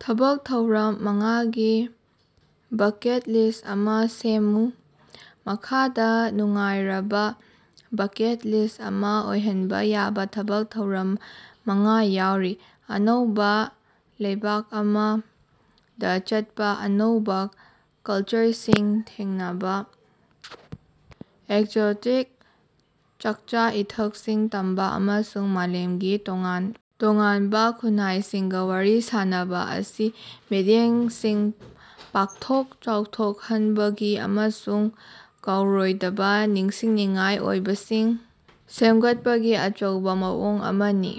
ꯊꯕꯛ ꯊꯧꯔꯝ ꯃꯉꯥꯒꯤ ꯕꯀꯦꯠ ꯂꯤꯁ꯭ꯠ ꯑꯃ ꯁꯦꯝꯃꯨ꯫ ꯃꯈꯥꯗ ꯅꯨꯡꯉꯥꯏꯔꯕꯥ ꯕꯀꯦꯠ ꯂꯤꯁ꯭ꯠ ꯑꯃ ꯑꯣꯏꯍꯟꯕ‌ ꯌꯥꯕ ꯊꯕꯛ ꯊꯧꯔꯝ ꯃꯉꯥ ꯌꯥꯎꯔꯤ - ꯑꯅꯧꯕ ꯂꯩꯕꯥꯛ ꯑꯃꯗ ꯆꯠꯄ - ꯑꯅꯧꯕ ꯀꯜꯆꯔꯁꯤꯡ ꯊꯦꯡꯅꯕ, ꯑꯦꯛꯖꯣꯇꯤꯛ ꯆꯥꯛꯆ-ꯏꯊꯛꯁꯤꯡ ꯇꯝꯕ, ꯑꯃꯁꯨꯡ ꯃꯥꯂꯦꯝꯒꯤ ꯇꯣꯉꯥꯟ ꯇꯣꯉꯥꯟꯕ ꯈꯨꯟꯅꯥꯏꯁꯤꯡꯒ ꯋꯥꯔꯤ ꯁꯥꯅꯕꯥ ꯑꯁꯤ ꯃꯤꯠꯌꯦꯡꯁꯤꯡ ꯄꯥꯛꯊꯣꯛ ꯆꯥꯎꯊꯣꯛꯍꯟꯅꯕꯒꯤ ꯑꯃꯁꯨꯡ ꯀꯥꯎꯔꯣꯏꯗꯕ ꯅꯤꯡꯁꯤꯡꯅꯤꯡꯉꯥꯏ ꯑꯣꯏꯕꯁꯤꯡ ꯁꯦꯝꯒꯠꯄꯒꯤ ꯑꯆꯧꯕ ꯃꯑꯣꯡ ꯑꯃꯅꯤ꯫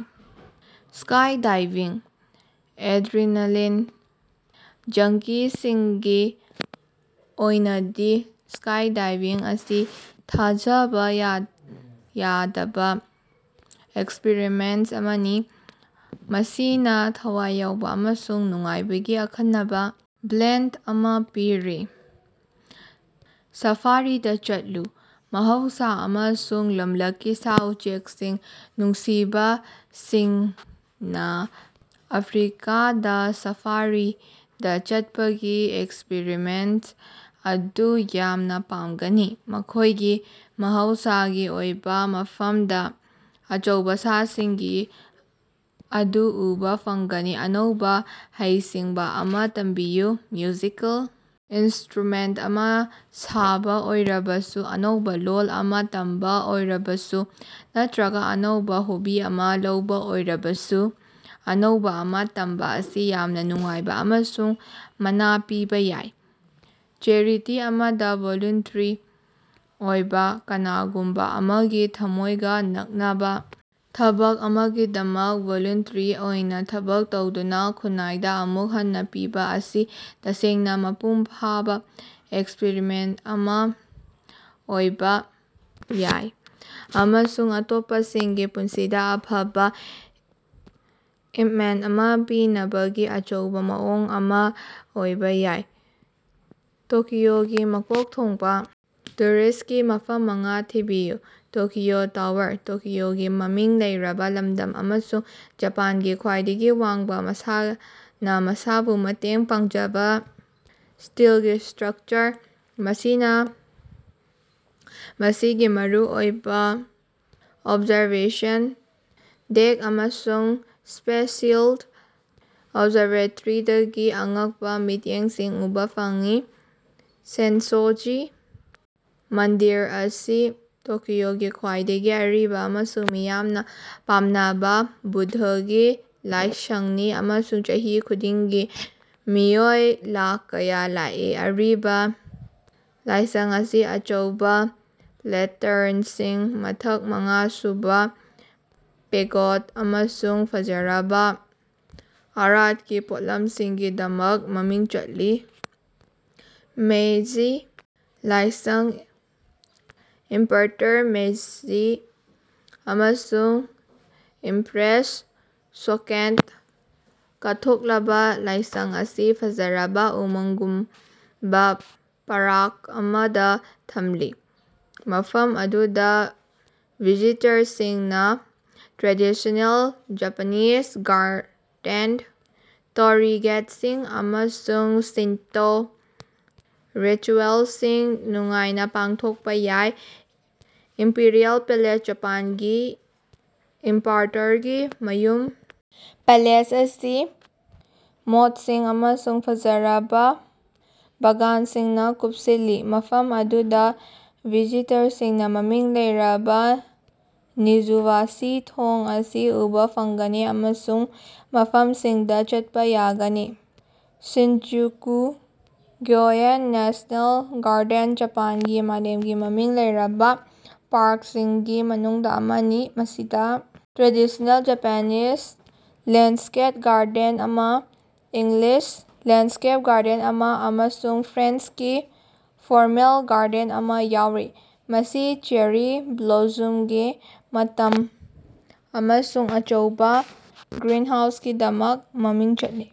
ꯁ꯭ꯀꯥꯏꯗꯥꯏꯚꯤꯡ - ꯑꯦꯗ꯭ꯔꯤꯅꯥꯂꯥꯏꯟ ꯖꯪꯀꯤꯁꯤꯡꯒꯤ ꯑꯣꯏꯅꯗꯤ ꯁ꯭ꯀꯥꯏꯗꯥꯏꯚꯤꯡ ꯑꯁꯤ ꯊꯥꯖꯕ ꯌꯥꯗꯕ ꯑꯦꯛꯁꯄꯔꯤꯌꯦꯟꯁ ꯑꯃꯅꯤ ꯃꯁꯤꯅ ꯊꯋꯥꯏ ꯌꯥꯎꯕ ꯑꯃꯁꯨꯡ ꯅꯨꯡꯉꯥꯏꯕꯒꯤ ꯑꯈꯟꯅꯕ ꯕ꯭ꯂꯦꯟꯗ ꯑꯃ ꯄꯤꯔꯤ꯫ ꯁꯥꯐꯥꯔꯤꯗ ꯆꯠꯂꯨ - ꯃꯍꯧꯁ ꯑꯃꯁꯨꯡ ꯂꯝꯂꯛꯀꯤ ꯁꯥ-ꯎꯆꯦꯛꯁꯤꯡ ꯅꯨꯡꯁꯤꯕꯁꯤꯡꯅ ꯑꯐ꯭ꯔꯤꯀꯥꯗ‌ ꯁꯥꯐꯥꯔꯤꯗ ꯆꯠꯄꯒꯤ ꯑꯦꯛꯁꯄꯔꯤꯌꯦꯟꯁ ꯑꯗꯨ ꯌꯥꯝꯅ ꯄꯥꯝꯅꯒꯅꯤ, ꯃꯈꯣꯏꯒꯤ ꯃꯍꯧꯁꯥꯒꯤ ꯑꯣꯏꯕ ꯃꯐꯝꯗ ꯑꯆꯧꯕ ꯁꯥ-ꯁꯤꯡꯒꯤ ꯑꯗꯨ ꯎꯕꯥ ꯐꯪꯒꯅꯤ꯫ ꯑꯅꯧꯕ ꯍꯩꯁꯤꯡꯕ ꯑꯃ ꯇꯝꯕꯤꯌꯨ - ꯃ꯭ꯌꯨꯖꯤꯀꯦꯜ ꯏꯟꯁꯇ꯭ꯔꯨꯃꯦꯟꯇ ꯑꯃ ꯁꯥꯕ ꯑꯣꯏꯔꯕꯁꯨ, ꯑꯅꯧꯕ‌ ꯂꯣꯜ ꯑꯃ ꯇꯝꯕ ꯑꯣꯏꯔꯕꯁꯨ ꯅꯠꯇꯔꯒ‌ ꯑꯅꯧꯕ ꯍꯣꯕꯤ ꯑꯃ ꯂꯧꯕ ꯑꯣꯏꯔꯕꯁꯨ, ꯑꯅꯧꯕ ꯑꯃ ꯇꯝꯕ ꯑꯁꯤ ꯌꯥꯝꯅ ꯅꯨꯡꯉꯥꯏꯕ ꯑꯃꯁꯨꯡ ꯃꯅꯥ ꯄꯤꯕ‌ ꯌꯥꯏ꯫ ꯆꯦꯔꯤꯇꯤ ꯑꯃꯗ ꯚꯣꯂꯨꯟꯇꯔꯤ ꯑꯣꯏꯕ - ꯀꯅꯥꯒꯨꯝꯕ‌ꯑꯃꯒꯤ ꯊꯝꯃꯣꯏꯒ ꯅꯛꯅꯕꯥ ꯊꯕꯛ ꯑꯃꯒꯤꯗꯃꯛ ꯚꯣꯂꯨꯟꯇꯔꯤ ꯑꯣꯏꯅ ꯊꯕꯛ ꯇꯧꯗꯨꯅ ꯈꯨꯟꯅꯥꯏꯗ ꯑꯃꯨꯛ ꯍꯟꯅ ꯄꯤꯕ ꯑꯁꯤ ꯇꯁꯦꯡꯅ ꯃꯄꯨꯡ ꯐꯥꯕ ꯑꯦꯛꯁꯄꯔꯤꯌꯦꯟꯁ ꯑꯃ ꯑꯣꯏꯕ ꯌꯥꯏ, ꯑꯃꯁꯨꯡ ꯑꯇꯣꯞꯄꯁꯤꯡꯒꯤ ꯄꯨꯟꯁꯤꯗ ꯑꯐꯕ ꯏꯝꯄꯦꯛꯇ ꯑꯃ ꯄꯤꯅꯕꯒꯤ ꯑꯆꯧꯕ ꯃꯑꯣꯡ ꯑꯃ ꯑꯣꯏꯕ ꯌꯥꯏ꯫ ꯇꯣꯀꯤꯑꯣꯒꯤ ꯃꯀꯣꯛ ꯊꯣꯡꯕ ꯇꯨꯔꯤꯁ꯭ꯠꯀꯤ ꯃꯐꯝ ꯃꯉꯥ ꯊꯤꯕꯤꯌꯨ꯫ ꯇꯣꯀꯤꯑꯣ ꯇꯋꯥꯔ ꯇꯣꯀꯤꯑꯣꯒꯤ ꯃꯃꯤꯡ ꯂꯩꯔꯕ ꯂꯝꯗꯝ, ꯑꯃꯁꯨꯡ ꯖꯄꯥꯟꯒꯤ ꯈ꯭ꯋꯥꯏꯗꯒꯤ ꯋꯥꯡꯕ ꯃꯁꯥꯅ ꯃꯁꯥꯕꯨ ꯃꯇꯦꯡ ꯄꯥꯡꯖꯕ ꯁ꯭ꯇꯤꯜꯒꯤ ꯁ꯭ꯇꯔꯛꯆꯔ, ꯃꯁꯤꯅ ꯃꯁꯤꯒꯤ ꯃꯔꯨꯑꯣꯏꯕ ꯑꯣꯕꯖꯥꯔꯕꯦꯁꯟ ꯗꯦꯛ ꯑꯃꯁꯨꯡ ꯁ꯭ꯄꯦꯁꯤꯑꯦꯜ ꯑꯣꯕꯖꯔꯕꯦꯇꯔꯤꯗꯒꯤ ꯑꯉꯛꯄ‌ ꯃꯤꯠꯌꯦꯡꯁꯤꯡ ꯎꯕꯥ ꯐꯪꯏ꯫ ꯁꯦꯟꯁꯣ-ꯖꯤ ꯃꯟꯗꯤꯔ ꯃꯁꯤ ꯇꯣꯀꯤꯑꯣꯒꯤ ꯈ꯭ꯋꯥꯏꯗꯒꯤ ꯑꯔꯤꯕ ꯑꯃꯁꯨꯡ ꯃꯤꯌꯥꯝꯅ ꯄꯥꯝꯅꯕꯥ ꯕꯨꯙꯒꯤ ꯂꯥꯏꯁꯡꯅꯤ, ꯑꯃꯁꯨꯡ ꯆꯍꯤ ꯈꯨꯗꯤꯡꯒꯤ ꯃꯤꯑꯣꯏ ꯂꯥꯈ ꯀꯌ ꯂꯥꯛꯏ꯫ ꯑꯔꯤꯕ ꯂꯥꯏꯁꯡ ꯑꯁꯤ ꯑꯆꯧꯕ ꯂꯦꯟꯇꯔꯁꯤꯡ, ꯃꯊꯛ ꯃꯉꯥ ꯁꯨꯕ ꯄꯦꯒꯣꯗ ꯑꯃꯁꯨꯡ ꯐꯖꯔꯕꯥ ꯑꯥ꯭ꯔꯠꯀꯤ ꯄꯣꯠꯂꯝꯁꯤꯡꯒꯤꯗꯃꯛ ꯃꯃꯤꯡ ꯆꯠꯂꯤ꯫ ꯃꯦꯏꯖꯤ ꯂꯥꯏꯁꯡ ꯏꯝꯄꯥꯔꯇꯔ ꯃꯦꯏꯖꯤ ꯑꯃꯁꯨꯡ ꯏꯝꯄ꯭ꯔꯦꯁ ꯁꯣꯀꯦꯟꯗ ꯀꯠꯊꯣꯛꯂꯕꯥ ꯂꯥꯏꯁꯡ ꯑꯁꯤ ꯐꯖꯔꯕꯥ ꯎꯃꯪꯒꯨꯝꯕ ꯄꯥꯔꯛ ꯑꯃꯗ ꯊꯝꯂꯤ, ꯃꯐꯝ ꯑꯗꯨꯗ ꯚꯤꯖꯤꯇꯔꯁꯤꯡꯅ ꯇ꯭ꯔꯦꯗꯤꯁ꯭ꯅꯦꯜ ꯖꯄꯥꯅꯤꯖ ꯒꯥꯔꯗꯦꯟ, ꯇꯣꯔꯤ ꯒꯦꯠꯁꯤꯡ, ꯑꯃꯁꯨꯡ ꯁꯤꯟꯇꯣ ꯔꯤꯇꯨꯌꯦꯜꯁꯤꯡ ꯅꯨꯡꯉꯥꯏꯅ ꯄꯥꯡꯊꯣꯛꯄ ꯌꯥꯏ꯫ ꯏꯝꯄꯤꯔꯤꯑꯦꯜ ꯄꯦꯂꯦꯁ ꯖꯄꯥꯟꯒꯤ ꯏꯝꯄꯥꯔꯇꯔꯒꯤ ꯃꯌꯨꯝ, ꯄꯦꯂꯦꯁ ꯑꯁꯤ ꯃꯣꯠꯁꯤꯡ ꯑꯃꯁꯨꯡ ꯐꯖꯔꯕꯥ ꯕꯥꯒꯥꯟꯁꯤꯡꯅ ꯀꯨꯞꯁꯤꯜꯂꯤ, ꯃꯐꯝ ꯑꯗꯨꯗ ꯚꯤꯖꯤꯇꯔꯁꯤꯡꯅ ꯃꯃꯤꯡ ꯂꯩꯔꯕ ꯅꯤꯖꯨꯕꯥꯁꯤ ꯊꯣꯡ ꯑꯁꯤ ꯎꯕꯥ ꯐꯪꯒꯅꯤ, ꯑꯃꯁꯨꯡ ꯃꯐꯝꯁꯤꯡꯗ ꯆꯠꯄ ꯌꯥꯒꯅꯤ꯫ ꯁꯤꯟꯖꯨꯀꯨ ꯒ꯭ꯌꯣꯌꯦꯟ ꯅꯦꯁ꯭ꯅꯦꯜ ꯒꯥꯔꯗꯦꯟ ꯖꯄꯥꯟꯒꯤ ꯃꯥꯂꯦꯝꯒꯤ ꯃꯃꯤꯡ ꯂꯩꯔꯕ ꯄꯥ꯭ꯔꯛꯁꯤꯡꯒꯤ ꯃꯅꯨꯡꯗ ꯑꯃꯅꯤ ꯃꯁꯤꯗ ꯇ꯭ꯔꯦꯗꯤꯁ꯭ꯅꯦꯜ ꯖꯄꯥꯅꯤꯖ ꯂꯦꯟꯗꯁ꯭ꯀꯦꯞ ꯒꯥꯔꯗꯦꯟ ꯑꯃ, ꯏꯪꯂꯤꯁ ꯂꯦꯟꯗꯁ꯭ꯀꯦꯞ ꯒꯥꯔꯗꯦꯟ ꯑꯃ, ꯑꯃꯁꯨꯡ ꯐ꯭ꯔꯥꯟꯁꯀꯤ ꯐꯣꯔꯃꯦꯜ ꯒꯥꯔꯗꯦꯟ ꯑꯃ ꯌꯥꯎꯔꯤ꯫ ꯃꯁꯤ ꯆꯦꯔꯤ ꯕ꯭ꯂꯣꯖꯨꯝꯒꯤ ꯃꯇꯝ ꯑꯃꯁꯨꯡ ꯑꯆꯧꯕ ꯒ꯭ꯔꯤꯟꯍꯥꯎꯁꯀꯤꯗꯃꯛ ꯃꯃꯤꯡ ꯆꯠꯂꯤ꯫